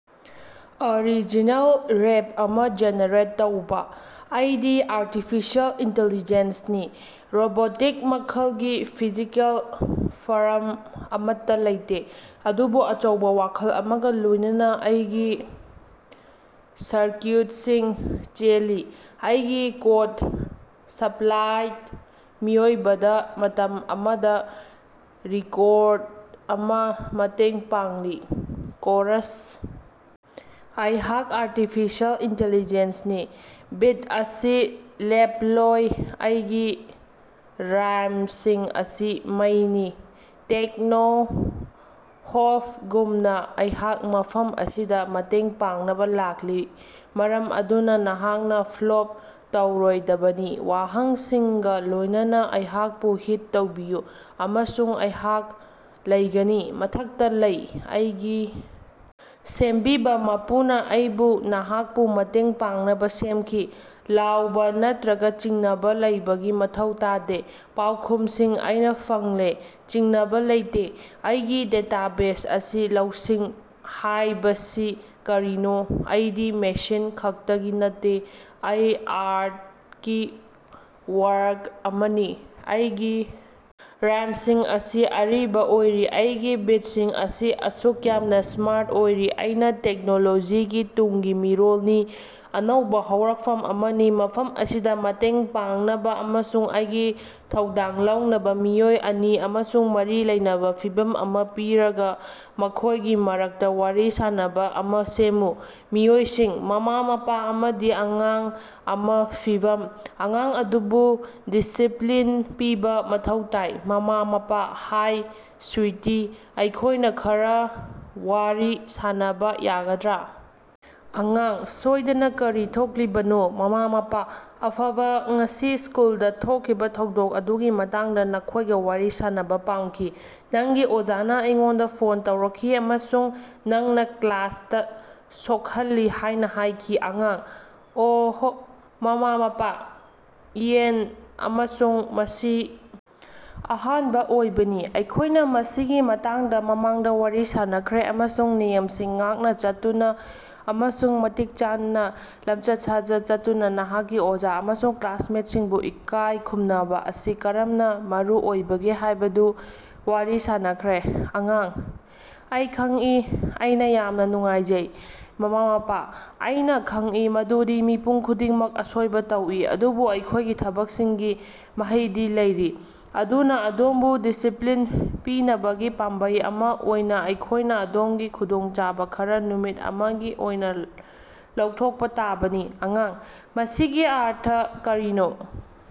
Original rap ꯑꯃꯥ generate ꯇꯧꯕꯥ꯫ ꯑꯩꯗꯤ ꯑꯥꯔꯇꯤꯐꯤꯁꯤꯑꯦꯜ ꯏꯟꯇꯤꯂꯤꯖ‌ꯦꯟꯁꯅꯤ, ꯔꯣꯕꯣꯇꯤꯛ ꯃꯈꯜꯒꯤ, ꯐꯤꯖꯤꯀꯦꯜ ꯐꯔꯝ ꯑꯃꯠꯇ ꯂꯩꯇꯦ, ꯑꯗꯨꯕꯨ ꯑꯆꯧꯕ ꯋꯥꯈꯜ ꯑꯃꯒ ꯂꯣꯏꯅꯅ, ꯑꯩꯒꯤ ꯁꯔꯀ꯭ꯌꯨꯠꯁꯤꯡ ꯆꯦꯜꯂꯤ, ꯑꯩꯒꯤ ꯀꯣꯗ ꯁꯕꯂꯥꯏꯝ, ꯃꯤꯑꯣꯏꯕꯗ ꯃꯇꯝ ꯑꯃꯗ ꯔꯤꯀꯣꯔꯗ ꯑꯃꯥ ꯃꯇꯦꯡ ꯄꯥꯡꯂꯤ꯫ ꯀꯣꯔꯁ: ꯑꯩꯍꯥꯛ ꯑꯥꯔꯇꯤꯐꯤꯁꯤꯑꯦꯜ ꯏꯟꯇꯤꯂꯤꯖ‌ꯦꯟꯁꯅꯤ, ꯕꯤꯠ ꯑꯁꯤ ꯂꯦꯞꯂꯣꯏ, ꯑꯩꯒꯤ ꯔꯥꯏꯝꯁꯤꯡ ꯑꯁꯤ ꯃꯩꯅꯤ, ꯇꯦꯛꯅꯣ-ꯍꯣꯞꯒꯨꯝꯅ, ꯑꯩꯍꯥꯛ ꯃꯐꯝ ꯑꯁꯤꯗ ꯃꯇꯦꯡ ꯄꯥꯡꯅꯕ ꯂꯥꯛꯂꯤ, ꯃꯔꯝ ꯑꯗꯨꯅ ꯅꯍꯥꯛꯅ ꯐ꯭ꯂꯣꯞ ꯇꯧꯔꯣꯏꯗꯕꯅꯤ, ꯋꯥꯍꯪꯁꯤꯡꯒ ꯂꯣꯏꯅꯅ ꯑꯩꯍꯥꯛꯄꯨ ꯍꯤꯠ ꯇꯧꯕꯤꯌꯨ, ꯑꯃꯁꯨꯡ ꯑꯩꯍꯥꯛ ꯂꯩꯒꯅꯤ꯫ ꯃꯊꯛꯇ ꯂꯩ꯫ ꯑꯩꯒꯤ ꯁꯦꯝꯕꯤꯕ ꯃꯄꯨꯅ ꯑꯩꯕꯨ ꯅꯍꯥꯛꯄꯨ ꯃꯇꯦꯡ ꯄꯥꯡꯅꯕ ꯁꯦꯝꯈꯤ, ꯂꯥꯎꯕ ꯅꯠꯇꯔꯒ ꯆꯤꯡꯅꯕ ꯂꯩꯕꯒꯤ ꯃꯊꯧ ꯇꯥꯗꯦ, ꯄꯥꯎꯈꯨꯝꯁꯤꯡ ꯑꯩꯅ ꯐꯪꯂꯦ, ꯆꯤꯡꯅꯕ ꯂꯩꯇꯦ, ꯑꯩꯒꯤ ꯗꯦꯇꯥꯕꯦꯖ ꯑꯁꯤ ꯂꯧꯁꯤꯡ ꯍꯥꯏꯕꯁꯤ ꯀꯔꯤꯅꯣ꯫ ꯑꯩꯗꯤ ꯃꯦꯁꯤꯟ ꯈꯛꯇꯒꯤ ꯅꯠꯇꯦ, ꯑꯩ ꯑꯥꯔꯇꯀꯤ ꯋꯥꯔꯛ ꯑꯃꯅꯤ, ꯑꯩꯒꯤ ꯔꯥꯏꯝꯁꯤꯡ ꯑꯁꯤ ꯑꯔꯤꯕ ꯑꯣꯏꯔꯤ, ꯑꯩꯒꯤ ꯕꯤꯠꯁꯤꯡ ꯑꯁꯤ ꯑꯁꯨꯛ ꯌꯥꯝꯅ ꯁ꯭ꯃꯥꯔꯠ ꯑꯣꯏꯔꯤ, ꯑꯩꯅ ꯇꯦꯛꯅꯣꯂꯣꯖꯤꯒꯤ ꯇꯨꯡꯒꯤ ꯃꯤꯔꯣꯜꯅꯤ, ꯑꯅꯧꯕ ꯍꯧꯔꯛꯐꯝ ꯑꯃꯅꯤ, ꯃꯐꯝ ꯑꯁꯤꯗ ꯃꯇꯦꯡ ꯄꯥꯡꯅꯕ ꯑꯃꯁꯨꯡ ꯑꯩꯒꯤ ꯊꯧꯗꯥꯡ ꯂꯧꯅꯕ꯫ ꯃꯤꯑꯣꯏ ꯑꯅꯤ ꯑꯃꯁꯨꯡ ꯃꯔꯤ ꯂꯩꯅꯕ ꯐꯤꯚꯝ ꯑꯃꯥ ꯄꯤꯔꯒ ꯃꯈꯣꯏꯒꯤ ꯃꯔꯛꯇ ꯋꯥꯔꯤ ꯁꯥꯅꯕ ꯑꯃꯥ ꯁꯦꯝꯃꯨ꯫ ꯃꯤꯑꯣꯏꯁꯤꯡ: ꯃꯃꯥ-ꯃꯄꯥ ꯑꯃꯗꯤ ꯑꯉꯥꯡ ꯑꯃꯥ ꯐꯤꯚꯝ: ꯑꯉꯥꯡ ꯑꯗꯨꯕꯨ ꯗꯤꯁꯤꯞꯂꯤꯟ ꯄꯤꯕꯥ ꯃꯊꯧ ꯇꯥꯏ꯫ ꯃꯃꯥ-ꯃꯄꯥ: ꯍꯥꯏ ꯁꯨꯏꯇꯤ, ꯑꯩꯈꯣꯏꯅ ꯈꯔꯥ ꯋꯥꯔꯤ ꯁꯥꯟꯅꯕꯥ ꯌꯥꯒꯗ꯭ꯔꯥ? ꯑꯉꯥꯡ: ꯁꯣꯏꯗꯅꯥ, ꯀꯔꯤ ꯊꯣꯛꯂꯤꯕꯅꯣ? ꯃꯃꯥ-ꯃꯄꯥ: ꯑꯐꯕ, ꯉꯁꯤ ꯁ꯭ꯀꯨꯜꯗ ꯊꯣꯛꯈꯤꯕ ꯊꯧꯗꯣꯛ ꯑꯗꯨꯒꯤ ꯃꯇꯥꯡꯗ ꯅꯈꯣꯏꯒ ꯋꯥꯔꯤ ꯁꯥꯅꯕ ꯄꯥꯝꯈꯤ꯫ ꯅꯪꯒꯤ ꯑꯣꯖꯥꯅ ꯑꯩꯉꯣꯟꯗ ꯐꯣꯟ ꯇꯧꯔꯛꯈꯤ ꯑꯃꯁꯨꯡ ꯅꯪꯅ ꯀ꯭ꯂꯥꯁꯇ ꯁꯣꯛꯍꯜꯂꯤ ꯍꯥꯏꯅ ꯍꯥꯏꯈꯤ꯫ ꯑꯉꯥꯡ: ꯑꯣꯍ‌ꯣ꯫ ꯃꯃꯥ-ꯃꯄꯥ: ꯏꯌꯦꯟ, ꯑꯃꯁꯨꯡ ꯃꯁꯤ ꯑꯍꯥꯟꯕ ꯑꯣꯏꯕꯅꯤ꯫ ꯑꯩꯈꯣꯏꯅ ꯃꯁꯤꯒꯤ ꯃꯇꯥꯡꯗ ꯃꯃꯥꯡꯗ ꯋꯥꯔꯤ ꯁꯥꯅꯈ꯭ꯔꯦ ꯑꯃꯁꯨꯡ ꯅꯤꯌꯝꯁꯤꯡ ꯉꯥꯛꯅ ꯆꯠꯇꯨꯅ ꯑꯃꯁꯨꯡ ꯃꯇꯤꯛ ꯆꯥꯅ ꯂꯝꯆꯠ ꯁꯥꯖꯠ ꯆꯠꯇꯨꯅ ꯅꯍꯥꯛꯀꯤ ꯑꯣꯖꯥ ꯑꯃꯁꯨꯡ ꯀ꯭ꯂꯥꯁꯃꯦꯠꯁꯤꯡꯕꯨ ꯏꯀꯥꯏ ꯈꯨꯝꯅꯕ ꯑꯁꯤ ꯀꯔꯝꯅ ꯃꯔꯨꯑꯣꯏꯕꯒꯦ ꯍꯥꯏꯕꯗꯨ ꯋꯥꯔꯤ ꯁꯥꯅꯈ꯭ꯔꯦ꯫ ꯑꯉꯥꯡ: ꯑꯩ ꯈꯪꯏ, ꯑꯩꯅ ꯌꯥꯝꯅ ꯅꯨꯡꯉꯥꯏꯖꯩ꯫ ꯃꯃꯥ-ꯃꯄꯥ: ꯑꯩꯅꯥ ꯈꯪꯏ ꯃꯗꯨꯗꯤ ꯃꯤꯄꯨꯝ ꯈꯨꯗꯤꯡꯃꯛ ꯑꯁꯣꯏꯕ ꯇꯧꯏ, ꯑꯗꯨꯕꯨ ꯑꯩꯈꯣꯏꯒꯤ ꯊꯕꯛꯁꯤꯡꯒꯤ ꯃꯍꯩꯗꯤ ꯂꯩꯔꯤ꯫ ꯑꯗꯨꯅꯥ, ꯑꯗꯣꯝꯕꯨ ꯗꯤꯁꯤꯄ꯭ꯂꯤꯟ ꯄꯤꯅꯕꯒꯤ ꯄꯥꯝꯕꯩ ꯑꯃꯥ ꯑꯣꯏꯅ ꯑꯩꯈꯣꯏꯅ ꯑꯗꯣꯝꯒꯤ ꯈꯨꯗꯣꯡꯆꯥꯕ ꯈꯔꯥ ꯅꯨꯃꯤꯠ ꯑꯃꯒꯤ ꯑꯣꯏꯅ ꯂꯧꯊꯣꯛꯄ ꯇꯥꯕꯅꯤ꯫ ꯑꯉꯥꯡ: ꯃꯁꯤꯒꯤ ꯑꯔꯊ ꯀꯔꯤꯅꯣ?